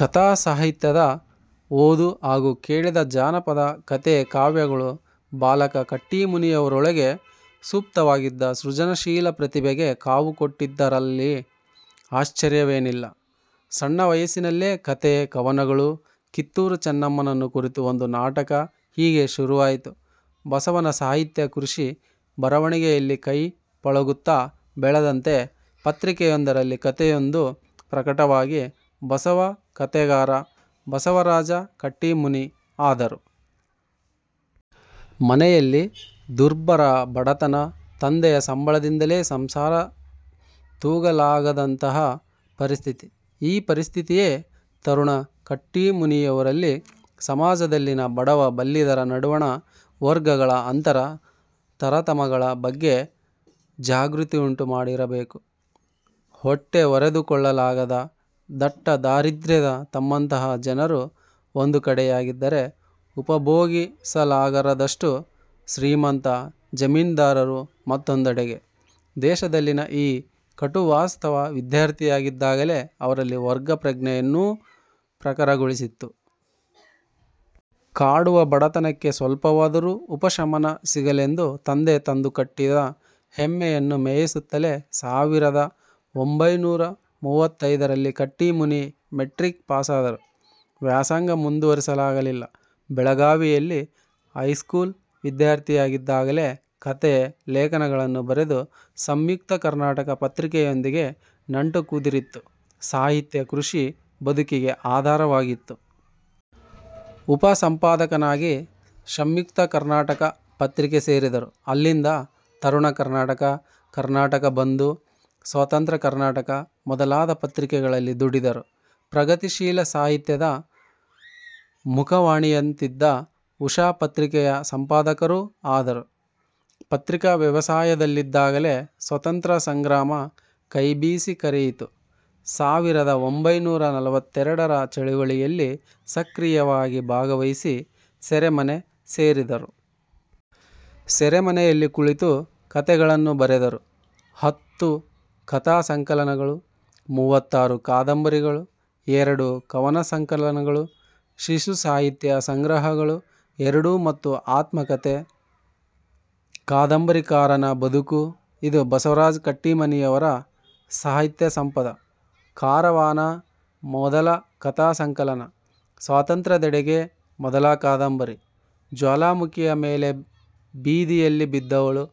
ಕಥಾ ಸಾಹಿತ್ಯದ ಓದು ಹಾಗೂ ಕೇಳಿದ ಜಾನಪದ ಕಥೆ-ಕಾವ್ಯಗಳು ಬಾಲಕ ಕಟ್ಟೀಮನಿಯವರೊಳಗೆ ಸುಪ್ತವಾಗಿದ್ದ ಸೃಜನಶೀಲ ಪ್ರತಿಭೆಗೆ ಕಾವು ಕೊಟ್ಟಿದ್ದರಲ್ಲಿ ಆಶ್ವರ್ಯವೇನಿಲ್ಲ. ಸಣ್ಣ ವಯಸ್ಸಿನಲ್ಲೇ ಕಥೆ, ಕವನಗಳು, ಕಿತ್ತೂರು ಚೆನ್ನಮ್ಮನನ್ನು ಕುರಿತು ಒಂದು ನಾಟಕ-ಹೀಗೆ ಶುರುವಾಯಿತು ಬಸವನ ಸಾಹಿತ್ಯ ಕೃಷಿ. ಬರವಣಿಗೆಯಲ್ಲಿ ಕೈ ಪಳಗುತ್ತಾ ಬೆಳೆದಂತೆ ಪತ್ರಿಕೆಯೊಂದರಲ್ಲಿ ಕಥೆಯೊಂದು ಪ್ರಕಟವಾಗಿ ಬಸವ ಕಥೆಗಾರ ಬಸವರಾಜ ಕಟ್ಟೀಮನಿ ಆದರು. ಮನೆಯಲ್ಲಿ ದುರ್ಭರ ಬಡತನ. ತಂದೆಯ ಸಂಬಳದಿಂದಲೇ ಸಂಸಾರ ತೂಗಿಸಲಾಗದಂತಹ ಪರಿಸ್ಥಿತಿ. ಈ ಪರಿಸ್ಥಿತಿಯೇ ತರುಣ ಕಟ್ಟೀಮನಿಯವರಲ್ಲಿ ಸಮಾಜದಲ್ಲಿನ ಬಡವ-ಬಲ್ಲಿದರ ನಡುವಣ ವರ್ಗಗಳ ಅಂತರ, ತರತಮಗಳ ಬಗ್ಗೆ ಜಾಗೃತಿಯುಂಟುಮಾಡಿರಬೇಕು. ಹೊಟ್ಟೆಹೊರೆದುಕೊಳ್ಳಲಾಗದ ದಟ್ಟದಾರಿದ್ರ್ಯದ ತಮ್ಮಂತಹ ಜನರು ಒಂದುಕಡೆಗಿದ್ದರೆ, ಉಪಭೋಗಿಸಲಾರದಷ್ಟು ಶ್ರೀಮಂತ ಜಮೀನ್ದಾರರು ಮತ್ತೊಂದೆಡೆಗೆ- ದೇಶದಲ್ಲಿನ ಈ ಕಟುವಾಸ್ತವ ವಿದ್ಯಾರ್ಥಿಯಾಗಿದ್ದಾಗಲೇ ಅವರಲ್ಲಿ ವರ್ಗ ಪ್ರಜ್ಞೆಯನ್ನೂ ಪ್ರಖರಗೊಳಿಸಿತ್ತು. ಕಾಡುವ ಬಡತನಕ್ಕೆ ಸ್ವಲ್ಪವಾದರೂ ಉಪಶಮನ ಸಿಗಲೆಂದು ತಂದೆ ತಂದು ಕಟ್ಟಿದ ಎಮ್ಮೆಯನ್ನು ಮೇಯಿಸುತ್ತಲೇ ಸಾವಿರದ ಒಂಭೈನೂರ ಮೂವತ್ತೈದರಲ್ಲಿ ಕಟ್ಟೀಮನಿ ಮೆಟ್ರಿಕ್ ಪಾಸಾದರು. ವ್ಯಾಸಂಗ ಮುಂದುವರಿಸಲಾಗಲಿಲ್ಲ. ಬೆಳಗಾವಿಯಲ್ಲಿ ಹೈಸೂಲ್ ವಿದ್ಯಾರ್ಥಿಯಾಗಿದ್ದಾಗಲೇ ಕಥೆ ೇಖನಗಳನ್ನು ಬರೆದು 'ಸಂಯುಕ್ತ ಕರ್ನಾಟಕ' ಪತ್ರಿಕೆಯೊಂದಿಗೆ ನಂಟು ಕುದುರಿತ್ತು. ಸಾಹಿತ್ಯ ಕೃಷಿ ಬದುಕಿಗೆ ಆಧಾರವಾಯಿತು. ಉಪಸಂಪಾದಕನಾಗಿ 'ಸಂಯುಕ್ತ ಕರ್ನಾಟಕ' ಪತ್ರಿಕೆ ಸೇರಿದರು. ಅಲ್ಲಿಂದ 'ತರುಣ ಕರ್ನಾಟಕ', 'ಕರ್ನಾಟಕ ಬಂಧು' 'ಸ್ವತಂತ್ರ ಕರ್ನಾಟಕ' ಮೊದಲಾದ ಪತ್ರಿಕೆಗಳಲ್ಲಿ ದುಡಿದರು. ಪ್ರಗತಿಶೀಲ ಸಾಹಿತ್ಯದ ಮುಖವಾಣಿಯಂತಿದ್ದ 'ಉಷಾ' ಪತ್ರಿಕೆಯ ಸಂಪಾದಕರೂ ಆದರು. ಪತ್ರಿಕಾ ವ್ಯವಸಾಯದಲ್ಲಿದ್ದಾಗಲೇ ಸ್ವಾತಂತ್ರ್ಯ ಸಂಗ್ರಾಮ ಕೈಬೀಸಿ ಕರೆಯಿತು. ಸಾವಿರದ ಒಂಭೈನೂರ ನಲವತ್ತೆರಡರ ಚಳವಳಿಯಲ್ಲಿ ಸಕ್ರಿಯವಾಗಿ ಭಾವಹಿಸಿ ಸೆರೆಮನೆ ಸೇರಿದರು. ಸೆರೆಮನೆಯಲ್ಲಿ ಕುಳಿತು ಕಥೆಗಳನ್ನು ಬರೆದರು. ಹತ್ತು ಕಥಾ ಸಂಕಲನಗಳು, ಮೂವತ್ತಾರು ಕಾದಂಬರಿಗಳು, ಎರಡು ಕವನ ಸಂಕಲನಗಳು, ಶಿಶು ಸಾಹಿತ್ಯ ಸಂಗ್ರಹಗಳು ಎರಡು ಮತ್ತು ಆತ್ಮಕಥೆ 'ಕಾದಂಬರಿಕಾರನ ಬದುಕು'- ಇದು ಬಸವರಾಜ ಕಟ್ಟೀಮನಿಯವರ ಸಾಹಿತ್ಯ ಸಂಪದ. 'ಕಾರವಾನ' ಮೊದಲ ಕಥಾ ಸಂಕಲನ. 'ಸ್ವಾತಂತ್ರ್ಯದೆಡೆಗೆ' ಮೊದಲ ಕಾದಂಬರಿ. 'ಜ್ವಾಲಾಮುಖಿಯ ಮೇಲೆ', 'ಬೀದಿಯಲ್ಲಿ ಬಿದ್ದವಳು',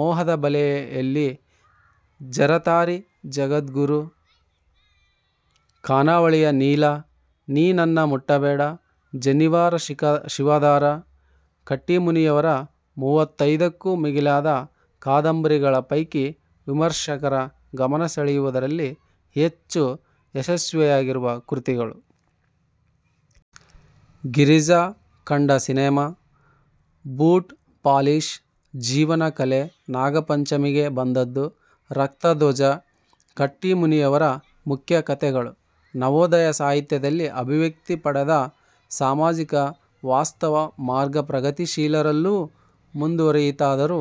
'ಮೋಹದ ಬಲೆಯಲ್ಲಿ', 'ಜರತಾರಿ ಜಗದ್ಗುರು', 'ಖಾನಾವಳಿಯ ನೀಲ', 'ನೀ ನನ್ನ ಮುಟ್ಟ ಬೇಡ', 'ಜನಿವಾರ ಶಿವದಾರ' ಕಟ್ಟೀಮನಿಯವರ ಮುವ್ವತ್ತೈದಕ್ಕೂ ಮಿಗಿಲಾದ ಕಾದಂಬರಿಗಳ ಪೈಕಿ ವಿಮರ್ಶಕರ ಗಮನಸೆಳೆಯುವುದರಲ್ಲಿ ಹೆಚ್ಚು ಯಶಸ್ವಿಯಾಗಿರುವ ಕೃತಿಗಳು. 'ಗಿರಿಜಾ ಕಂಡ ಸಿನೆಮಾ', 'ಬೂಟ್ ಪಾಲಿಷ್', 'ಜೀವನ ಕಲೆ', 'ನಾಗಪಂಚಮಿಗೆ ಬಂದದ್ದು', 'ರಕ್ತಧ್ವಜ' ಕಟ್ಟೀಮನಿಯವರ ಮುಖ್ಯ ಕತೆಗಳು. ನವೋದಯ ಸಾಹಿತ್ಯದಲ್ಲಿ ಅಭಿವ್ಯಕ್ತಿಪಡೆದ ಸಾಮಾಜಿಕ ವಾಸ್ತವ ಮಾರ್ಗ ಪ್ರಗತಿಶೀಲರಲ್ಲೂ ಮುಂದುವರಿಯಿತಾದರೂ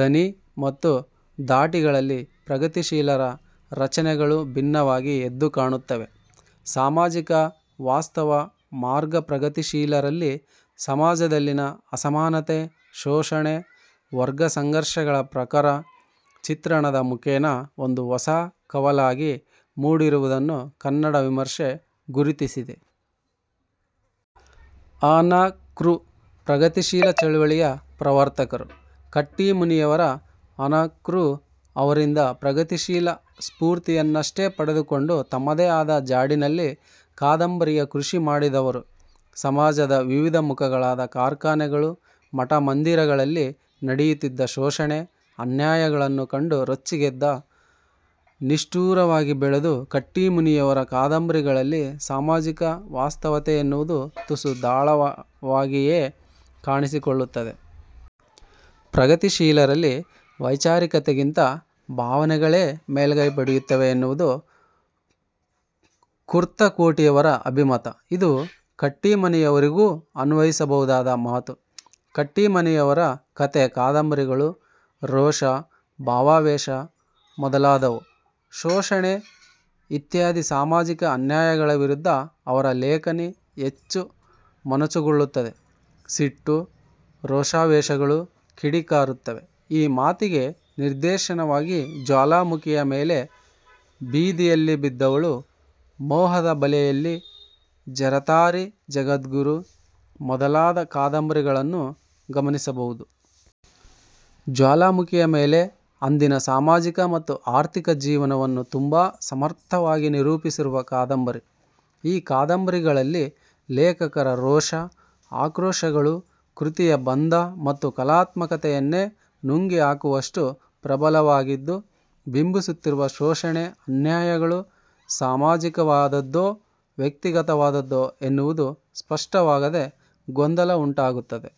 ದನಿ ಮತ್ತು ಧಾಟಿಗಳಲ್ಲಿ ಪ್ರಗತಿಶೀಲರ ರಚನೆಗಳು ಭಿನ್ನವಾಗಿ ಎದ್ದು ಕಾಣುತ್ತವೆ. ಸಾಮಾಜಿಕ ವಾಸ್ತವ ಮಾರ್ಗಪ್ರಗತಿಶೀಲರಲ್ಲಿ ಸಮಾಜದಲ್ಲಿನ ಅಸಮಾನತೆ, ಶೋಷಣೆ, ವರ್ಗಸಂಘರ್ಷಗಳ ಪ್ರಖರ ಚಿತ್ರಣದ ಮುಖೇನ ಒಂದು ಹೊಸ ಕವಲಾಗಿ ಮೂಡಿರುವುದನ್ನು ಕನ್ನಡ ವಿಮರ್ಶೆ ಗುರುತಿಸಿದೆ. ಅನಕೃ ಪ್ರಗತಿಶೀಲ ಚಳವಳಿಯ ಪ್ರವರ್ತಕರು. ಕಟ್ಟೀಮನಿಯವರು ಅನಕೃ ಅವರಿಂದ ಪ್ರಗತಿಶೀಲ ಸ್ಫೂರ್ತಿಯನ್ನಷ್ಟೇ ಪಡೆದುಕೊಂಡು ತಮ್ಮದೇ ಆದ ಜಾಡಿನಲ್ಲಿ ಕಾದಂಬರಿಯ ಕೃಷಿ ಮಾಡಿದವರು. ಸಮಾಜದ ವಿವಿಧ ಮುಖಗಳಾದ ಕಾರ್ಖಾನೆಗಳು, ಮಠಮಂದಿರಗಳಲ್ಲಿ ನಡೆಯುತ್ತಿದ್ದ ಶೋಷಣೆ, ಅನ್ಯಾಯಗಳನ್ನು ಕಂಡು ರೊಚ್ಚಿಗೆದ್ದು ನಿಷ್ಠುರವಾಗಿ ಬರೆದ ಕಟ್ಟೀಮನಿಯವರ ಕಾದಂಬರಿಗಳಲ್ಲಿ ಸಾಮಾಜಿಕ ವಾಸ್ತವತೆ ಎನ್ನುವುದು ತುಸು ಢಾಳವಾಗಿಯೇ ಕಾಣಿಸಿಕೊಳ್ಳುತ್ತದೆ. ಪ್ರಗತಿಶೀಲರಲ್ಲಿ ವೈಚಾರಿಕತೆಗಿಂತ ಭಾವನೆಗಳೇ ಮೇಲುಗೈ ಪಡೆಯುತ್ತವೆ ಎನ್ನುವುದು ಕುರ್ತಕೋಟಿಯವರ ಅಭಿಮತ. ಇದು ಕಟ್ಟೀಮನಿಯವರಿಗೂ ಅನ್ವಯಿಸಬಹುದಾದ ಮಾತು. ಕಟ್ಟೀಮನಿಯವರ ಕಥೆ-ಕಾದಂಬರಿಗಳು ರೋಷ, ಭಾವಾವೇಶ ಮೂಲದವು. ಶೋಷಣೆ ಇತ್ಯಾದಿ ಸಾಮಾಜಿಕ ಅನ್ಯಾಯಗಳ ವಿರುದ್ಧ ಅವರ ಲೇಖನಿ ಹೆಚ್ಚು ಮೊನಚುಗೊಳ್ಳುತ್ತದೆ. ಸಿಟ್ಟು, ರೋಷಾವೇಶಗಳು ಕಿಡಿಕಾರುತ್ತವೆ. ಈ ಮಾತಿಗೆ ನಿದರ್ಶನವಾಗಿ 'ಜ್ವಾಲಾಮುಖಿಯ ಮೇಲೆ', 'ಬೀದಿಯಲ್ಲಿ ಬಿದ್ದವಳು', 'ಮೋಹದ ಬಲೆಯಲ್ಲಿ, 'ಜರತಾರಿ ಜಗದ್ಗುರು' ಮೊದಲಾದ ಕಾದಂಬರಿಗಳನ್ನು ಗಮನಿಸಬಹುದು. 'ಜ್ವಾಲಾಮುಖಿಯ ಮೇಲೆ' ಅಂದಿನ ಸಾಮಾಜಿಕ ಮತ್ತು ಆರ್ಥಿಕ ಜೀವನವನ್ನು ತುಂಬಾ ಸಮರ್ಥವಾಗಿ ನಿರೂಪಿಸುವ ಕಾದಂಬರಿ. ಈ ಕಾದಂಬರಿಗಳಲ್ಲಿ ಲೇಖಕರ ರೋಷ, ಆಕ್ರೋಷಗಳು ಕೃತಿಯ ಬಂಧ ಮತ್ತು ಕಲಾತ್ಮಕತೆಯನ್ನೇ ನುಂಗಿಹಾಕುವಷ್ಟು ಪ್ರಬಲವಾಗಿದ್ದು ಬಿಂಬಿಸುತ್ತಿರುವ ಶೋಷಣೆ, ಅನ್ಯಾಯಗಳು ಸಾಮಾಜಿಕವಾದದ್ದೋ, ವ್ಯಕ್ತಿಗತವಾದದ್ದೋ ಎನ್ನುವುದು ಸ್ಪಷ್ಟವಾಗದೆ ಗೊಂದಲ ಉಂಟಾಗುತ್ತದೆ.